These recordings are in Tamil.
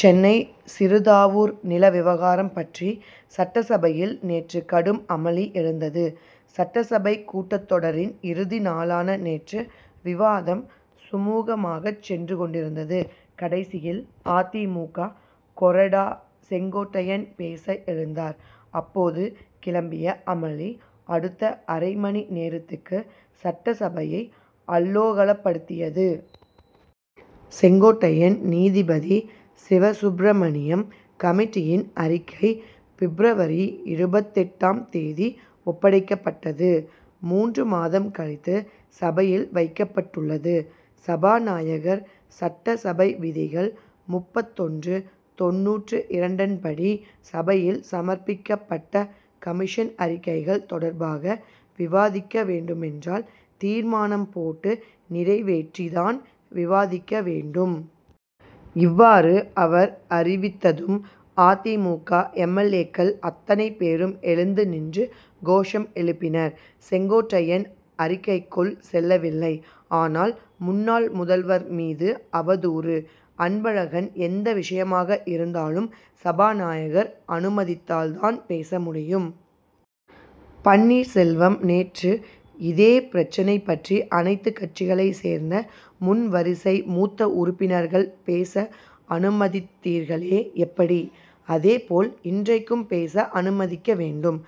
சென்னை சிறுதாவூர் நில விவகாரம் பற்றி சட்டசபையில் நேற்று கடும் அமளி எழுந்தது. சட்டசபை கூட்டத்தொடரின் இறுதி நாளான நேற்று விவாதம் சுமுகமாகச் சென்று கொண்டிருந்தது. கடைசியில் அ. தி. மு. க. கொறடா செங்கோட்டையன் பேச எழுந்தார். அப்போது கிளம்பிய அமளி அடுத்த அரை மணி நேரத்துக்கு சட்டசபையை அல்லோகலப்படுத்தியது. செங்கோட்டையன் நீதிபதி சிவசுப்ரமணியம் கமிட்டியின் அறிக்கை பிப்ரவரி இருபத்தெட்டாம் தேதி ஒப்படைக்கப்பட்டது. மூன்று மாதம் கழித்து சபையில் வைக்கப்பட்டுள்ளது. சபாநாயகர் சட்டசபை விதிகள் முப்பத்தொன்று தொண்ணூற்று இரண்டன்படி சபையில் சமர்ப்பிக்கப்பட்ட கமிஷன் அறிக்கைகள் தொடர்பாக விவாதிக்க வேண்டுமென்றால் தீர்மானம் போட்டு நிறைவேற்றி தான் விவாதிக்க வேண்டும். இவ்வாறு அவர் அறிவித்ததும் அ. தி. மு. க. எம். எல். ஏ.க்கள் அத்தனை பேரும் எழுந்து நின்று கோஷம் எழுப்பினர். செங்கோட்டையன் அறிக்கைக்குள் செல்லவில்லை. ஆனால் முன்னாள் முதல்வர் மீது அவதூறு. அன்பழகன் எந்த விஷயமாக இருந்தாலும் சபாநாயகர் அனுமதித்தால் தான் பேச முடியும். பன்னீர் செல்வம் நேற்று இதே பிரச்னை பற்றி அனைத்து கட்சிகளைச் சேர்ந்த முன்வரிசை மூத்த உறுப்பினர்கள் பேச அனுமதித்தீர்களே எப்படி. அதேபோல் இன்றைக்கும் பேச அனுமதிக்க வேண்டும்.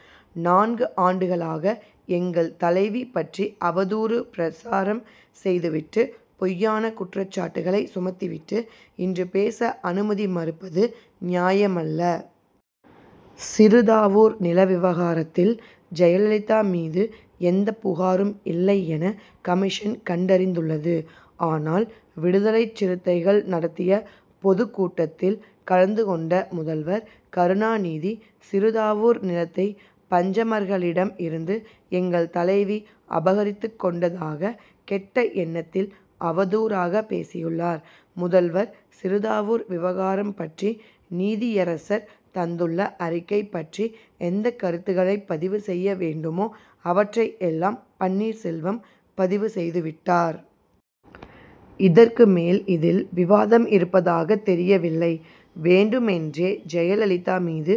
நான்கு ஆண்டுகளாக எங்கள் தலைவி பற்றி அவதூறு பிரசாரம் செய்துவிட்டு பொய்யான குற்றச்சாட்டுகளை சுமத்திவிட்டு இன்று பேச அனுமதி மறுப்பது நியாயமல்ல. சிறுதாவூர் நில விவகாரத்தில் ஜெயலலிதா மீது எந்தப் புகாரும் இல்லை என கமிஷன் கண்டறிந்துள்ளது. ஆனால் விடுதலைச் சிறுத்தைகள் நடத்திய பொதுக் கூட்டத்தில் கலந்துகொண்ட முதல்வர் கருணாநிதி சிறுதாவூர் நிலத்தை பஞ்சமர்களிடம் இருந்து எங்கள் தலைவி அபகரித்துக்கொண்டதாக கெட்ட எண்ணத்தில் அவதூறாக பேசியுள்ளார். முதல்வர் சிறுதாவூர் விவகாரம் பற்றி நீதியரசர் தந்துள்ள அறிக்கை பற்றி எந்தக் கருத்துக்களைப் பதிவு செய்ய வேண்டுமோ அவற்றை எல்லாம் பன்னீர்செல்வம் பதிவு செய்துவிட்டார். இதற்கு மேல் இதில் விவாதம் இருப்பதாகத் தெரியவில்லை. வேண்டுமென்றே ஜெயலலிதா மீது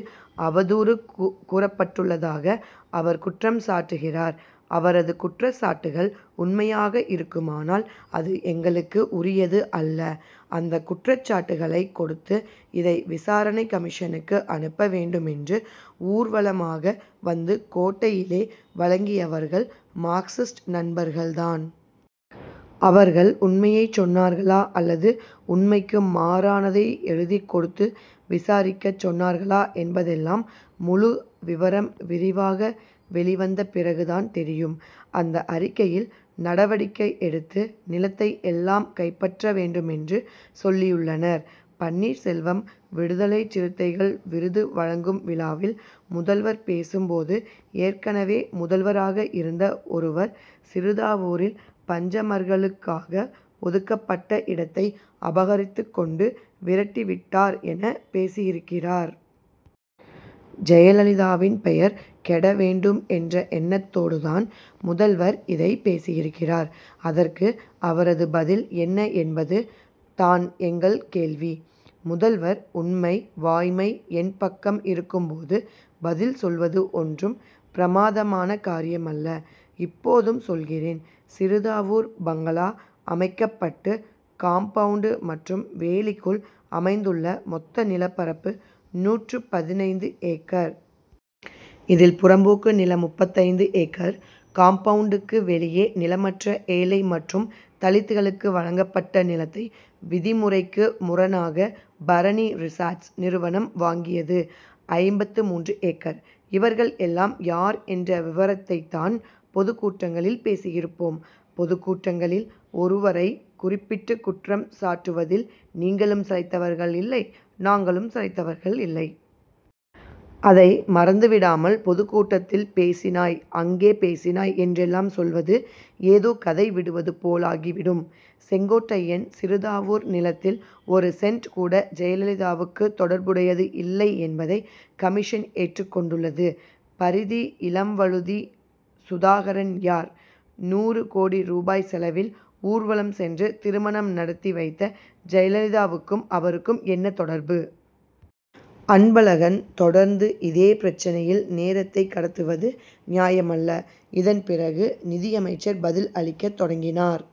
அவதூறு கூறப்பட்டுள்ளதாக அவர் குற்றம் சாட்டுகிறார். அவரது குற்றச்சாட்டுகள் உண்மையாக இருக்குமானால் அது எங்களுக்கு உரியது அல்ல. அந்தக் குற்றச்சாட்டுகளைக் கொடுத்து இதை விசாரணை கமிஷனுக்கு அனுப்ப வேண்டுமென்று ஊர்வலமாக வந்து கோட்டையிலே வழங்கியவர்கள் மார்க்சிஸ்ட் நண்பர்கள் தான். அவர்கள் உண்மையைச் சொன்னார்களா அல்லது உண்மைக்கு மாறானதை எழுதிக் கொடுத்து விசாரிக்கச் சொன்னார்களா என்பதெல்லாம் முழு விவரம் விரிவாக வெளிவந்த பிறகு தான் தெரியும். அந்த அறிக்கையில் நடவடிக்கை எடுத்து நிலத்தை எல்லாம் கைப்பற்ற வேண்டுமென்று சொல்லியுள்ளனர். பன்னீர்செல்வம் விடுதலைச் சிறுத்தைகள் விருது வழங்கும் விழாவில் முதல்வர் பேசும் போது ஏற்கனவே முதல்வராக இருந்த ஒருவர் சிறுதாவூரில் பஞ்சமர்களுக்காக ஒதுக்கப்பட்ட இடத்தை அபகரித்துக் கொண்டு விரட்டி விட்டார் என பேசியிருக்கிறார். ஜெயலலிதாவின் பெயர் கெட வேண்டும் என்ற எண்ணத்தோடு தான் முதல்வர் இதைப் பேசியிருக்கிறார். அதற்கு அவரது பதில் என்ன என்பது தான் எங்கள் கேள்வி. முதல்வர் உண்மை வாய்மை என் பக்கம் இருக்கும் போது பதில் சொல்வது ஒன்றும் பிரமாதமான காரியமல்ல. இப்போதும் சொல்கிறேன். சிறுதாவூர் பங்களா அமைக்கப்பட்டு காம்பவுண்டு மற்றும் வேலிக்குள் அமைந்துள்ள மொத்த நிலப்பரப்பு நூற்று பதினைந்து ஏக்கர். இதில் புறம்போக்கு நிலம் முப்பத்தைந்து ஏக்கர். காம்பவுண்டுக்கு வெளியே நிலமற்ற ஏழை மற்றும் தலித்களுக்கு வழங்கப்பட்ட நிலத்தை விதிமுறைக்கு முரணாக பரணி ரிசார்ட்ஸ் நிறுவனம் வாங்கியது ஐம்பத்து மூன்று ஏக்கர். இவர்கள் எல்லாம் யார் என்ற விவரத்தைத் தான் பொதுக்கூட்டங்களில் பேசியிருப்போம். பொதுக்கூட்டங்களில் ஒருவரை குறிப்பிட்டு குற்றம் சாட்டுவதில் நீங்களும் சளைத்தவர்கள் இல்லை நாங்களும் சளைத்தவர்கள் இல்லை. அதை மறந்துவிடாமல் பொதுக்கூட்டத்தில் பேசினாய் அங்கே பேசினாய் என்றெல்லாம் சொல்வது ஏதோ கதை விடுவது போலாகி விடும். செங்கோட்டையன் சிறுதாவூர் நிலத்தில் ஒரு சென்ட் கூட ஜெயலலிதாவுக்கு தொடர்புடையது இல்லை என்பதை கமிஷன் ஏற்றுக் கொண்டுள்ளது. பரிதி இளம்வழுதி சுதாகரன் யார். நூறு கோடி ரூபாய் செலவில் ஊர்வலம் சென்று திருமணம் நடத்தி வைத்த ஜெயலலிதாவுக்கும் அவருக்கும் என்ன தொடர்பு. அன்பழகன் தொடர்ந்து இதே பிரச்னையில் நேரத்தைக் கடத்துவது நியாயமல்ல. இதன் பிறகு நிதியமைச்சர் பதில் அளிக்கத் தொடங்கினார்.